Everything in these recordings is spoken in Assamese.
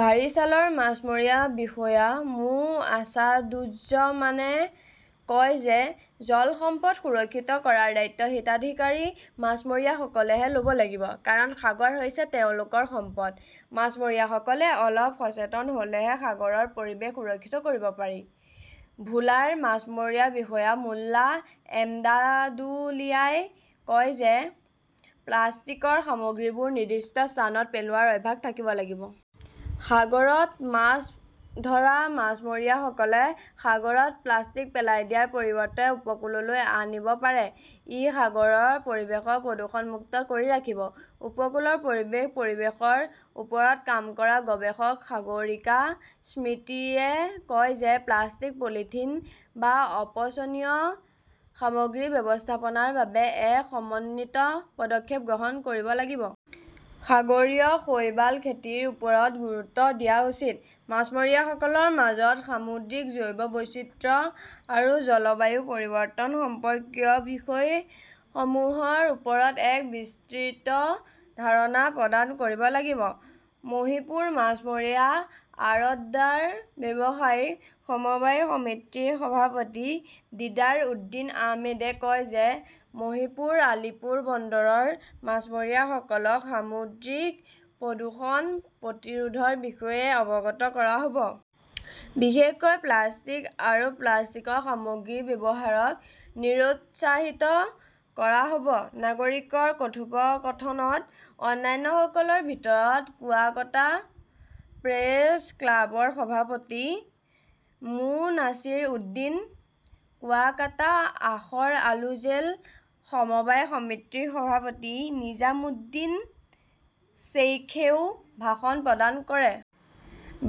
বাৰিছালৰ মাছমৰীয়া বিষয়া মো. আছাদুজ্জমানে কয় যে, "জল সম্পদ সুৰক্ষিত কৰাৰ দায়িত্ব হিতাধিকাৰী মাছমৰীয়াসকলেহে ল'ব লাগিব। কাৰণ, সাগৰ হৈছে তেওঁলোকৰ সম্পদ। মাছমৰীয়াসকলে অলপ সচেতন হ'লেহে সাগৰৰ পৰিৱেশ সুৰক্ষিত কৰিব পাৰি।" ভোলাৰ মাছমৰীয়া বিষয়া মোল্লা এমদাদুলিয়াই কয় যে, "প্লাষ্টিকৰ সামগ্ৰীবোৰ নিৰ্দিষ্ট স্থানত পেলোৱাৰ অভ্যাস থাকিব লাগিব। সাগৰত মাছ ধৰা মাছমৰীয়াসকলে সাগৰত প্লাষ্টিক পেলাই দিয়াৰ পৰিৱৰ্তে উপকূললৈ আনিব পাৰে। ই সাগৰৰ পৰিৱেশক প্ৰদূষণ মুক্ত কৰি ৰাখিব।" উপকূলৰ পৰিৱেশ-পৰিৱেশৰ ওপৰত কাম কৰা গৱেষক সাগৰিকা স্মৃতিয়ে কয় যে, "প্লাষ্টিক-পলিথিন বা অপচনীয় সামগ্ৰী ব্যৱস্থাপনাৰ বাবে এক সমন্বিত পদক্ষেপ গ্ৰহণ কৰিব লাগিব। সাগৰীয় শৈবাল খেতিৰ ওপৰত গুৰুত্ব দিয়া উচিত। মাছমৰীয়াসকলৰ মাজত সামুদ্ৰিক জৈৱ বৈচিত্ৰ্য আৰু জলবায়ু পৰিৱৰ্তন সম্পৰ্কীয় বিষয়সমূহৰ ওপৰত এক বিস্তৃত ধাৰণা প্ৰদান কৰিব লাগিব।" মহীপুৰ মাছমৰীয়া আৰতদাৰ ব্যৱসায়ী সমবায় সমিতিৰ সভাপতি দীদাৰ উদ্দীন আহমেদে কয় যে, "মহীপুৰ-আলীপুৰ বন্দৰৰ মাছমৰীয়াসকলক সামুদ্ৰিক প্ৰদূষণ প্ৰতিৰোধৰ বিষয়ে অৱগত কৰা হ'ব। বিশেষকৈ প্লাষ্টিক আৰু প্লাষ্টিকৰ সামগ্ৰীৰ ব্যৱহাৰক নিৰুৎসাহিত কৰা হ'ব।" নাগৰিকৰ কথোপকথনত অন্যান্যসকলৰ ভিতৰত কুৱাকাটা প্ৰেছ ক্লাবৰ সভাপতি মো. নাছিৰ উদ্দীন, কুৱাকাটা আশৰ আলো জেল সমবায় সমিতিৰ সভাপতি নিজাম উদ্দীন শ্বেইখেও ভাষণ প্ৰদান কৰে।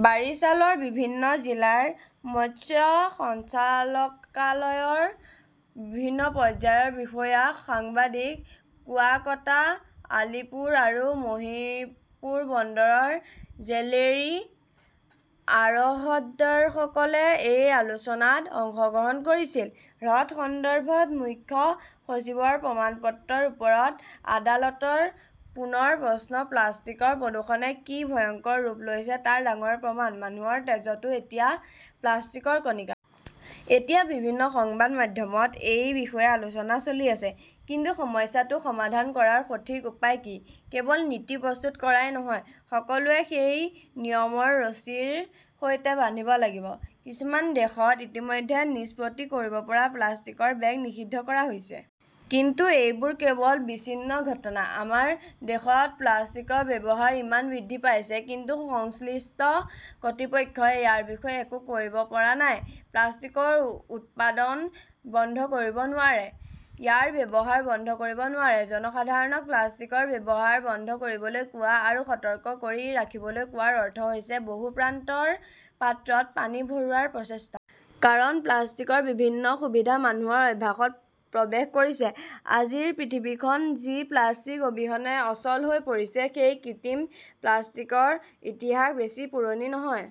বাৰিছালৰ বিভিন্ন জিলাৰ মৎস্য সঞ্চালকালয়ৰ বিভিন্ন পৰ্যায়ৰ বিষয়া, সাংবাদিক, কুৱাকটা, আলীপুৰ আৰু মহীপুৰ বন্দৰৰ জেলেৰী, আৰহতদাৰসকলে এই আলোচনাত অংশগ্ৰহণ কৰিছিল। হ্ৰদ সন্দৰ্ভত মুখ্য সচিবৰ প্ৰমাণপত্ৰৰ ওপৰত আদালতৰ পুনৰ প্ৰশ্ন প্লাষ্টিকৰ প্ৰদূষণে কি ভয়ংকৰ ৰূপ লৈছে তাৰ ডাঙৰ প্ৰমাণ, মানুহৰ তেজতো এতিয়া প্লাষ্টিকৰ কণিকা। এতিয়া বিভিন্ন সংবাদ মাধ্যমত এই বিষয়ে আলোচনা চলি আছে। কিন্তু সমস্যাটো সমাধান কৰাৰ সঠিক উপায় কি? কেৱল নীতি প্ৰস্তুত কৰাই নহয়, সকলোৱে সেই নিয়মৰ ৰছীৰ সৈতে বান্ধিব লাগিব। কিছুমান দেশত ইতিমধ্যে নিষ্পত্তি কৰিব পৰা প্লাষ্টিকৰ বেগ নিষিদ্ধ কৰা হৈছে। কিন্তু এইবোৰ কেৱল বিচ্ছিন্ন ঘটনা। আমাৰ দেশত প্লাষ্টিকৰ ব্যৱহাৰ ইমান বৃদ্ধি পাইছে, কিন্তু সংশ্লিষ্ট কৰ্তৃপক্ষই ইয়াৰ বিষয়ে একো কৰিব পৰা নাই। প্লাষ্টিকৰ উৎপাদন বন্ধ কৰিব নোৱাৰে, ইয়াৰ ব্যৱহাৰ বন্ধ কৰিব নোৱাৰে। জনসাধাৰণক প্লাষ্টিকৰ ব্যৱহাৰ বন্ধ কৰিবলৈ কোৱা আৰু সতৰ্ক কৰি ৰাখিবলৈ কোৱাৰ অৰ্থ হৈছে বহু-প্ৰান্তৰ পাত্ৰত পানী ভৰোৱাৰ প্ৰচেষ্টা। কাৰণ, প্লাষ্টিকৰ বিভিন্ন সুবিধা মানুহৰ অভ্যাসত প্ৰৱেশ কৰিছে। আজিৰ পৃথিৱীখন যি প্লাষ্টিক অবিহনে অচল হৈ পৰিছে, সেই কৃত্ৰিম প্লাষ্টিকৰ ইতিহাস বেছি পুৰণি নহয়।